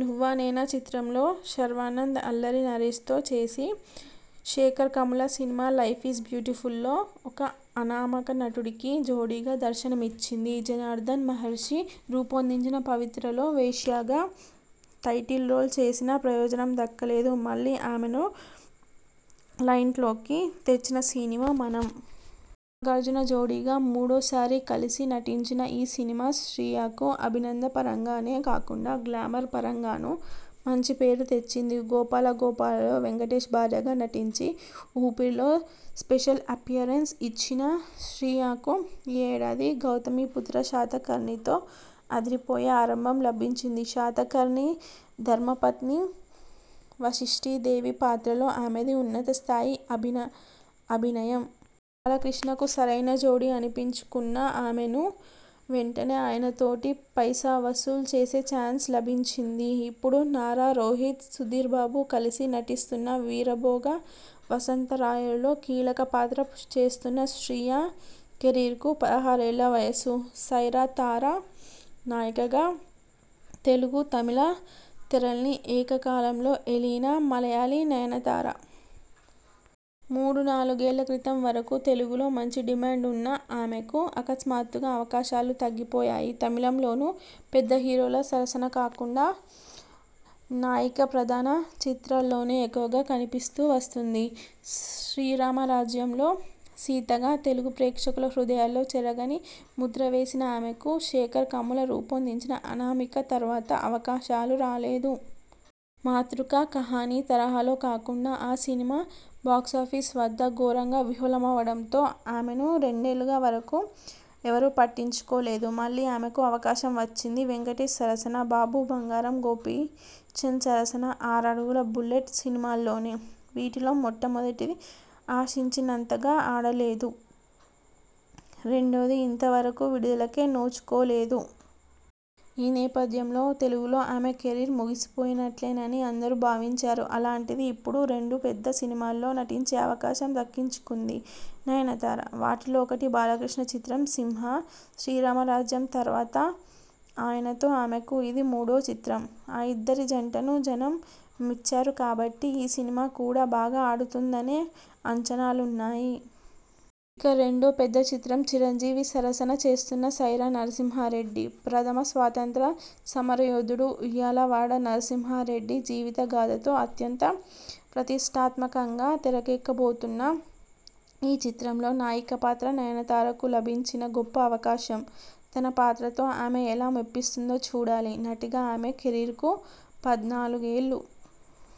'నువ్వా నేనా' చిత్రంలో శర్వానంద్, అల్లరి నరేశ్తో చేసి, Sekhar Kammula cinema 'life is బ్యూటిఫుల్'లో ఒక అనామక నటుడికి జోడీగా దర్శనమిచ్చింది. జనార్దన మహర్షి రూపొందించిన 'పవిత్ర'లో వేశ్యగా టైటిల్ రోల్ చేసినా ప్రయోజనం దక్కలేదు. మళ్లీ ఆమెను లైమ్లైట్లోకి తెచ్చిన సినిమా 'మనం'. నాగార్జున జోడీగా మూడోసారి కలిసి నటించిన ఈ సినిమా శ్రియకు అభినయపరంగానే కాకుండా గ్లామర్ పరంగానూ మంచి పేరు తెచ్చింది. 'గోపాల గోపాల'లో వెంకటేశ్ భార్యగా నటించి, 'ఊపిరి'లో స్పెషల్ అప్పీరెన్స్ ఇచ్చిన శ్రియకు ఈ ఏడాది 'గౌతమిపుత్ర శాతకర్ణి'తో అదిరిపోయే ఆరంభం లభించింది. శాతకర్ణి ధర్మపత్ని వాశిష్టీదేవి పాత్రలో ఆమెది ఉన్నత స్థాయి అభినయం. బాలకృష్ణకు సరైన జోడీ అనిపించుకున్న ఆమెకు వెంటనే ఆయనతోటే 'పైసా వసూల్' చేసే ఛాన్స్ లభించింది. ఇప్పుడు నారా రోహిత్, సుధీర్బాబు కలిసి నటిస్తున్న 'వీరభోగ వసంతరాయలు'లో కీలక పాత్ర చేస్తోన్న శ్రియ కెరీర్కు పదహారేళ్ల వయసు. 'సైరా' తార! నాయికగా తెలుగు, తమిళ తెరల్ని ఏక కాలంలో ఏలిన మలయాళీ నయనతార. మూడు నాలుగేళ్ల క్రితం వరకూ తెలుగులో మంచి డిమాండ్ ఉన్న ఆమెకు అకస్మాత్తుగా అవకాశాలు తగ్గిపోయాయి. తమిళంలోనూ పెద్ద హీరోల సరసన కాకుండా నాయిక ప్రధాన చిత్రాల్లోనే ఎక్కువగా కనిపిస్తూ వస్తోంది. 'శ్రీరామరాజ్యం' లో సీతగా తెలుగు ప్రేక్షకుల హృదయాల్లో చెరగని ముద్ర వేసిన ఆమెకు శేఖర్ కమ్ముల రూపొందించిన 'అనామిక' తర్వాత అవకాశాలు రాలేదు. మాతృక 'కహాని' తరహాలో కాకుండా ఆ సినిమా బాక్సాఫీస్ వద్ద ఘోరంగా విఫలమవడంతో ఆమెను రెండేళ్ల వరకూ ఎవరూ పట్టించుకోలేదు. మళ్లీ ఆమెకు అవకాశం వచ్చింది వెంకటేశ్ సరసన 'బాబు బంగారం', గోపీచంద్ సరసన 'ఆరడుగుల బుల్లెట్' సినిమాల్లోనే. వీటిలో మొదటిది ఆశించినంతగా ఆడలేదు. రెండోది ఇంతవరకూ విడుదలకే నోచుకోలేదు. ఈ నేపథ్యంలో తెలుగులో ఆమె కెరీర్ ముగిసిపోయినట్లేనని అందరూ భావించారు. అలాంటిది ఇప్పుడు రెండు పెద్ద సినిమాల్లో నటించే అవకాశం దక్కించుకుంది నయనతార. వాటిలో ఒకటి బాలకృష్ణ చిత్రం. 'సింహా', 'శ్రీరామరాజ్యం' తర్వాత ఆయనతో ఆమెకు ఇది మూడో చిత్రం. ఆ ఇద్దరి జంటను జనం మెచ్చారు కాబట్టి ఈ సినిమా కూడా బాగా ఆడుతుందనే అంచనాలున్నాయి. ఇక రెండో పెద్ద చిత్రం చిరంజీవి సరసన చేస్తోన్న 'సైరా నరసింహారెడ్డి'. ప్రథమ స్వాతంత్య్ర సమరయోధుడు ఉయ్యాలవాడ నరసింహారెడ్డి జీవితగాథతో అత్యంత ప్రతిష్ఠాత్మకంగా తెరకెక్కుతోన్న ఈ చిత్రంలో నాయిక పాత్ర నయనతారకు లభించిన గొప్ప అవకాశం. తన పాత్రతో ఆమె ఎలా మెప్పిస్తుందో చూడాలి. నటిగా ఆమె కెరీర్కు పద్నాలుగేళ్లు.